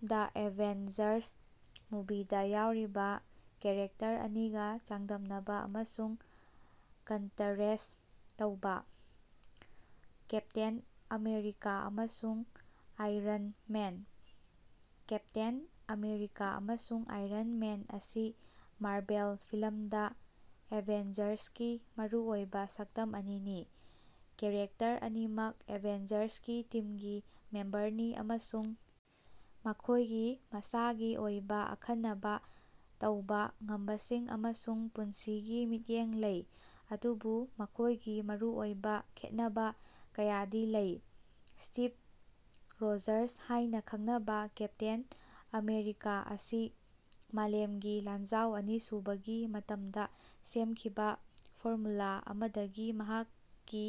ꯗ Avengers ꯃꯨꯚꯤꯗ ꯌꯥꯎꯔꯤꯕ character ꯑꯅꯤꯒ ꯆꯥꯡꯗꯝꯅꯕ ꯑꯃꯁꯨꯡ ꯀꯟꯇꯔꯦꯁ꯭ꯠ ꯇꯧꯕꯥ꯫ ꯀꯦꯞꯇꯦꯟ ꯑꯃꯦꯔꯤꯀꯥ ꯑꯃꯁꯨꯡ ꯑꯥꯏꯔꯟ ꯃꯦꯟ꯫ ꯀꯦꯞꯇꯦꯟ ꯑꯃꯦꯔꯤꯀꯥ ꯑꯃꯁꯨꯡ ꯑꯥꯏꯔꯟ ꯃꯦꯟ ꯑꯁꯤ ꯃꯥꯔꯚꯦꯜ ꯐꯤꯂꯝꯗ ꯑꯦꯚꯦꯟꯖꯔꯁꯀꯤ ꯃꯔꯨꯑꯣꯏꯕ ꯁꯛꯇꯝ ꯑꯅꯤꯅꯤ꯫ ꯀꯦꯔꯦꯛꯇꯔ ꯑꯅꯤꯃꯛ ꯑꯦꯚꯦꯟꯖꯔꯁꯀꯤ ꯇꯤꯝꯒꯤ ꯃꯦꯝꯕꯔꯅꯤ ꯑꯃꯁꯨꯡ ꯃꯈꯣꯏꯒꯤ ꯃꯁꯥꯒꯤ ꯑꯣꯏꯕ ꯑꯈꯟꯅꯕ ꯇꯧꯕ ꯉꯝꯕꯁꯤꯡ ꯑꯃꯁꯨꯡ ꯄꯨꯟꯁꯤꯒꯤ ꯃꯤꯠꯌꯦꯡ ꯂꯩ, ꯑꯗꯨꯕꯨ ꯃꯈꯣꯏꯒꯤ ꯃꯔꯨꯑꯣꯏꯕ ꯈꯦꯠꯅꯕ ꯀꯌꯥꯗꯤ ꯂꯩ꯫ ꯁ꯭ꯇꯤꯚ ꯔꯣꯖꯔꯁ ꯍꯥꯏꯅ ꯈꯪꯅꯕ ꯀꯦꯞꯇꯦꯟ ꯑꯃꯦꯔꯤꯀꯥ ꯑꯁꯤ ꯃꯥꯂꯦꯝꯒꯤ ꯂꯥꯟꯖꯥꯎ ꯑꯅꯤꯁꯨꯕꯒꯤ ꯃꯇꯝꯗ ꯁꯦꯝꯈꯤꯕꯥ ꯐꯣꯔꯃꯨꯂꯥ ꯑꯃꯗꯒꯤ ꯃꯍꯥꯛꯀꯤ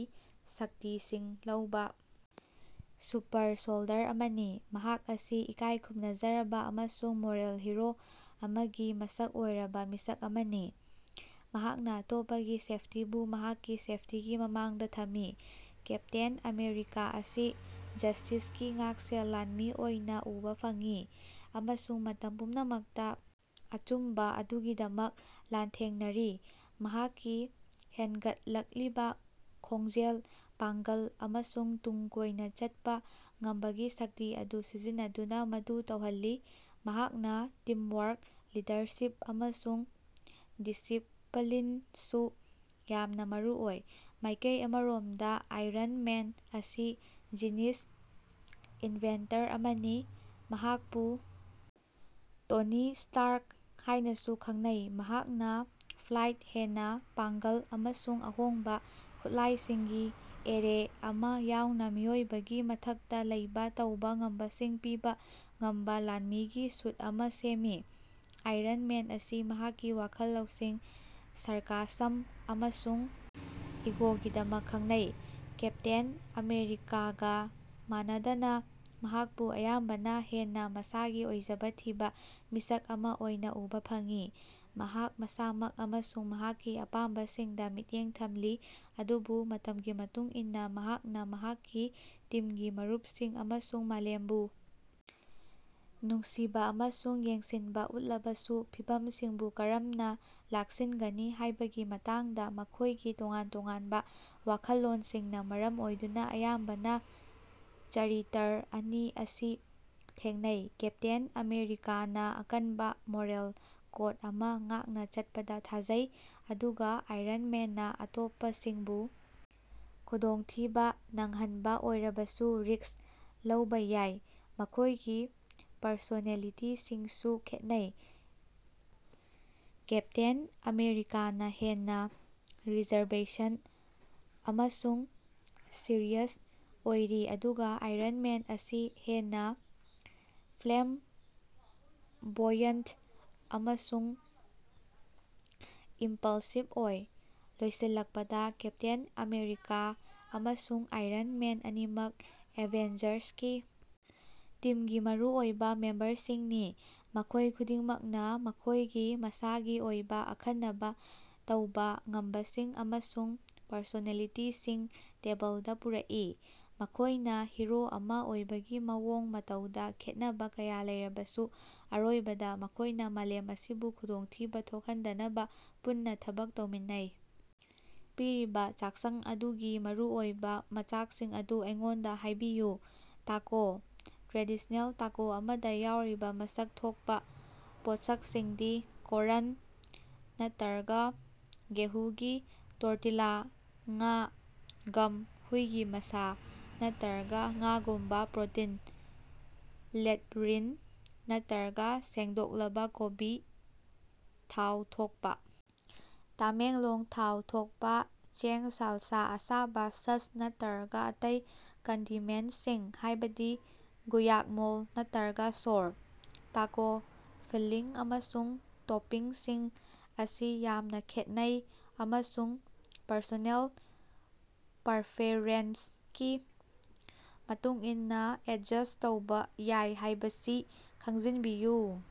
ꯁꯛꯇꯤꯁꯤꯡ ꯂꯧꯕ ꯁꯨꯄꯔ-ꯁꯣꯜꯗꯔ ꯑꯃꯅꯤ꯫ ꯃꯍꯥꯛ ꯑꯁꯤ ꯏꯀꯥꯏ ꯈꯨꯝꯅꯖꯔꯕ ꯑꯃꯁꯨꯡ ꯃꯣꯔꯦꯜ ꯍꯤꯔꯣ ꯑꯃꯒꯤ ꯃꯁꯛ ꯑꯣꯏꯔꯕ ꯃꯤꯁꯛ ꯑꯃꯅꯤ, ꯃꯍꯥꯛꯅ ꯑꯇꯣꯞꯄꯒꯤ ꯁꯦꯐꯇꯤꯕꯨ ꯃꯍꯥꯛꯀꯤ ꯁꯦꯐꯇꯤꯒꯤ ꯃꯃꯥꯡꯗꯥ ꯊꯝꯃꯤ꯫ ꯀꯦꯞꯇꯦꯟ ꯑꯃꯦꯔꯤꯀꯥ ꯑꯁꯤ ꯖꯁ꯭ꯇꯤꯁꯀꯤ ꯉꯥꯛꯁꯦꯜ ꯂꯥꯟꯃꯤ ꯑꯣꯏꯅ ꯎꯕ ꯐꯪꯏ, ꯑꯃꯁꯨꯡ ꯃꯇꯝ ꯄꯨꯝꯅꯃꯛꯇ ꯑꯆꯨꯝꯕ ꯑꯗꯨꯒꯤꯗꯃꯛ ꯂꯥꯟꯊꯦꯡꯅꯔꯤ, ꯃꯍꯥꯛꯀꯤ ꯍꯦꯟꯒꯠꯂꯛꯂꯤꯕ ꯈꯣꯡꯖꯦꯜ, ꯄꯥꯡꯒꯜ ꯑꯃꯁꯨꯡ ꯇꯨꯡ ꯀꯣꯏꯅ ꯆꯠꯄ ꯉꯝꯕꯒꯤ ꯁꯛꯇꯤ ꯑꯗꯨ ꯁꯤꯖꯤꯟꯅꯗꯨꯅ ꯃꯗꯨ ꯇꯧꯍꯜꯂꯤ꯫ ꯃꯍꯥꯛꯅ ꯇꯤꯝꯋꯥꯔꯛ, ꯂꯤꯗꯔꯁꯤꯞ ꯑꯃꯁꯨꯡ ꯗꯤꯁꯤꯄꯂꯤꯟꯁꯨ ꯌꯥꯝꯅ ꯃꯔꯨꯑꯣꯏ꯫ ꯃꯥꯏꯀꯩ ꯑꯃꯔꯣꯝꯗ ꯑꯥꯏꯔꯟ ꯃꯦꯟ ꯑꯁꯤ ꯖꯤꯅꯤꯁ ꯏꯟꯚꯦꯟꯇꯔ ꯑꯃꯅꯤ, ꯃꯍꯥꯛꯄꯨ ꯇꯣꯅꯤ ꯁ꯭ꯇꯥꯔꯛ ꯍꯥꯏꯅꯁꯨ ꯈꯪꯅꯩ꯫ ꯃꯍꯥꯛꯅ ꯐ꯭ꯂꯥꯏꯠ, ꯍꯦꯟꯅ ꯄꯥꯡꯒꯜ, ꯑꯃꯁꯨꯡ ꯑꯍꯣꯡꯕ ꯈꯨꯠꯂꯥꯏꯁꯤꯡꯒꯤ ꯑꯦꯔꯦ ꯑꯃꯥ ꯌꯥꯎꯅ ꯃꯤꯑꯣꯏꯕꯒꯤ ꯃꯊꯛꯇ ꯂꯩꯕ ꯇꯧꯕ ꯉꯝꯕꯁꯤꯡ ꯄꯤꯕ ꯉꯝꯕ ꯂꯥꯟꯃꯤꯒꯤ ꯁꯨꯠ ꯑꯃꯥ ꯁꯦꯝꯃꯤ꯫ ꯑꯥꯏꯔꯟ ꯃꯦꯟ ꯑꯁꯤ ꯃꯍꯥꯛꯀꯤ ꯋꯥꯈꯜ ꯂꯧꯁꯤꯡ, ꯁꯥꯔꯀꯥꯁꯝ ꯑꯃꯁꯨꯡ ꯏꯒꯣꯒꯤꯗꯃꯛ ꯈꯪꯅꯩ꯫ ꯀꯦꯞꯇꯦꯟ ꯑꯃꯦꯔꯤꯀꯥꯒ ꯃꯥꯟꯅꯗꯅ, ꯃꯍꯥꯛꯄꯨ ꯑꯌꯥꯝꯕꯅ ꯍꯦꯟꯅ ꯃꯁꯥꯒꯤ ꯑꯣꯏꯖꯕ ꯊꯤꯕ ꯃꯤꯁꯛ ꯑꯃ ꯑꯣꯏꯅ ꯎꯕ ꯐꯪꯏ, ꯃꯍꯥꯛ ꯃꯁꯥꯃꯛ ꯑꯃꯁꯨꯡ ꯃꯍꯥꯛꯀꯤ ꯑꯄꯥꯝꯕꯁꯤꯡꯗ ꯃꯤꯠꯌꯦꯡ ꯊꯝꯂꯤ, ꯑꯗꯨꯕꯨ ꯃꯇꯝꯒꯤ ꯃꯇꯨꯡ ꯏꯟꯅ ꯃꯍꯥꯛꯅ ꯃꯍꯥꯛꯀꯤ ꯇꯤꯝꯒꯤ ꯃꯔꯨꯞꯁꯤꯡ ꯑꯃꯁꯨꯡ ꯃꯥꯂꯦꯝꯕꯨ ꯅꯨꯡꯁꯤꯕ ꯑꯃꯁꯨꯡ ꯌꯦꯡꯁꯤꯟꯕ ꯎꯠꯂꯕꯁꯨ꯫ ꯐꯤꯚꯝꯁꯤꯡꯕꯨ ꯀꯔꯝꯅ ꯂꯥꯛꯁꯤꯟꯒꯅꯤ ꯍꯥꯏꯕꯒꯤ ꯃꯇꯥꯡꯗ ꯃꯈꯣꯏꯒꯤ ꯇꯣꯉꯥꯟ ꯇꯣꯉꯥꯟꯕ ꯋꯥꯈꯜꯂꯣꯟꯁꯤꯡꯅ ꯃꯔꯝ ꯑꯣꯏꯗꯨꯅ ꯑꯌꯥꯝꯕꯅ ꯆꯔꯤꯇꯔ ꯑꯅꯤ ꯑꯁꯤ ꯊꯦꯡꯅꯩ꯫ ꯀꯦꯞꯇꯦꯟ ꯑꯃꯦꯔꯤꯀꯥꯅ ꯑꯀꯟꯕ ꯃꯣꯔꯦꯜ ꯀꯣꯗ ꯑꯃꯥ ꯉꯥꯛꯅ ꯆꯠꯄꯗ ꯊꯥꯖꯩ, ꯑꯗꯨꯒ ꯑꯥꯏꯔꯟ ꯃꯦꯟꯅ ꯑꯇꯣꯞꯄꯁꯤꯡꯕꯨ ꯈꯨꯗꯣꯡꯊꯤꯕꯥ ꯅꯪꯍꯟꯕ ꯑꯣꯏꯔꯕꯁꯨ ꯔꯤꯁ꯭ꯛ ꯂꯧꯕ ꯌꯥꯏ꯫ ꯃꯈꯣꯏꯒꯤ ꯄꯔꯁꯣꯅꯦꯂꯤꯇꯤꯁꯤꯡꯁꯨ ꯈꯦꯠꯅꯩ, ꯀꯦꯞꯇꯦꯟ ꯑꯃꯦꯔꯤꯀꯥꯅ ꯍꯦꯟꯅ ꯔꯤꯖꯔꯕꯦꯁꯟ ꯑꯃꯁꯨꯡ ꯁꯤꯔꯤꯌꯁ ꯑꯣꯏꯔꯤ, ꯑꯗꯨꯒ ꯑꯥꯏꯔꯟ ꯃꯦꯟ ꯑꯁꯤ ꯍꯦꯟꯅ ꯐ꯭ꯂꯦꯝꯕꯣꯌꯟꯠ ꯑꯃꯁꯨꯡ ꯏꯝꯄꯜꯁꯤꯕ ꯑꯣꯏ꯫ ꯂꯣꯏꯁꯤꯜꯂꯛꯄꯗ, ꯀꯦꯞꯇꯦꯟ ꯑꯃꯦꯔꯤꯀꯥ ꯑꯃꯁꯨꯡ ꯑꯥꯏꯔꯟ ꯃꯦꯟ ꯑꯅꯤꯃꯛ ꯑꯦꯚꯦꯟꯖꯔꯁꯀꯤ ꯇꯤꯝꯒꯤ ꯃꯔꯨꯑꯣꯏꯕ ꯃꯦꯝꯕꯔꯁꯤꯡꯅꯤ, ꯃꯈꯣꯏ ꯈꯨꯗꯤꯡꯃꯛꯅ ꯃꯈꯣꯏꯒꯤ ꯃꯁꯥꯒꯤ ꯑꯣꯏꯕ ꯑꯈꯟꯅꯕ ꯇꯧꯕ ꯉꯝꯕꯁꯤꯡ ꯑꯃꯁꯨꯡ ꯄꯔꯁꯣꯅꯦꯂꯤꯇꯤꯁꯤꯡ ꯇꯦꯕꯜꯗ ꯄꯨꯔꯛꯏ꯫ ꯃꯈꯣꯏꯅ ꯍꯤꯔꯣ ꯑꯃꯥ ꯑꯣꯏꯕꯒꯤ ꯃꯑꯣꯡ ꯃꯇꯧꯗ ꯈꯦꯠꯅꯕ ꯀꯌꯥ ꯂꯩꯔꯕꯁꯨ, ꯑꯔꯣꯏꯕꯗ ꯃꯈꯣꯏꯅ ꯃꯥꯂꯦꯝ ꯑꯁꯤꯕꯨ ꯈꯨꯗꯣꯡꯊꯤꯕ ꯊꯣꯛꯍꯟꯗꯅꯕ ꯄꯨꯟꯅ ꯊꯕꯛ ꯇꯧꯃꯤꯟꯅꯩ꯫ ꯄꯤꯔꯤꯕ ꯆꯥꯛꯁꯪ ꯑꯗꯨꯒꯤ ꯃꯔꯨꯑꯣꯏꯕ ꯃꯆꯥꯛꯁꯤꯡ ꯑꯗꯨ ꯑꯩꯉꯣꯟꯗ ꯍꯥꯏꯕꯤꯌꯨ꯫ ꯇꯥꯀꯣ꯫ ꯇ꯭ꯔꯦꯗꯤꯁꯅꯦꯜ ꯇꯥꯀꯣ ꯑꯃꯗ ꯌꯥꯎꯔꯤꯕ ꯃꯁꯛ ꯊꯣꯀꯄ ꯄꯣꯠꯁꯛꯁꯤꯡꯗꯤ: ꯀꯣꯔꯟ ꯅꯠꯇꯔꯒ ꯒꯦꯍꯨꯒꯤ ꯇꯣꯔꯇꯤꯂꯥ ꯉꯥ, ꯒꯝ, ꯍꯨꯏꯒꯤ ꯃꯁꯥ, ꯅꯠꯇꯔꯒ ꯉꯥꯒꯨꯝꯕ ꯄ꯭ꯔꯣꯇꯤꯟ ꯂꯦꯠꯔꯤꯟ ꯅꯠꯇꯔꯒ ꯁꯦꯡꯗꯣꯛꯂꯕ ꯀꯣꯕꯤ ꯊꯥꯎ ꯊꯣꯛꯄ ꯇꯃꯦꯡꯂꯣꯡ ꯊꯥꯎ ꯊꯣꯛꯄ ꯆꯦꯡ ꯁꯥꯜꯁꯥ, ꯑꯁꯥꯕꯥ ꯁꯁ ꯅꯠꯇꯔꯒ ꯑꯇꯩ ꯀꯟꯗꯤꯃꯦꯟꯠꯁꯤꯡ ꯍꯥꯏꯕꯗꯤ ꯒꯨꯌꯥꯛꯃꯣꯜ ꯅꯠꯇꯔꯒ ꯁꯣꯔ꯫ ꯇꯥꯀꯣ ꯐꯤꯜꯂꯤꯡ ꯑꯃꯁꯨꯡ ꯇꯣꯄꯤꯡꯁꯤꯡ ꯑꯁꯤ ꯌꯥꯝꯅ ꯈꯦꯠꯅꯩ ꯑꯃꯁꯨꯡ ꯄꯔꯁꯣꯅꯦꯜ ꯄꯔꯐꯦꯔꯦꯟꯁꯀꯤ ꯃꯇꯨꯡ ꯏꯟꯅ ꯑꯦꯗꯖꯁ꯭ꯠ ꯇꯧꯕ ꯌꯥꯏ ꯍꯥꯏꯕꯁꯤ ꯈꯪꯖꯤꯟꯕꯤꯌꯨ꯫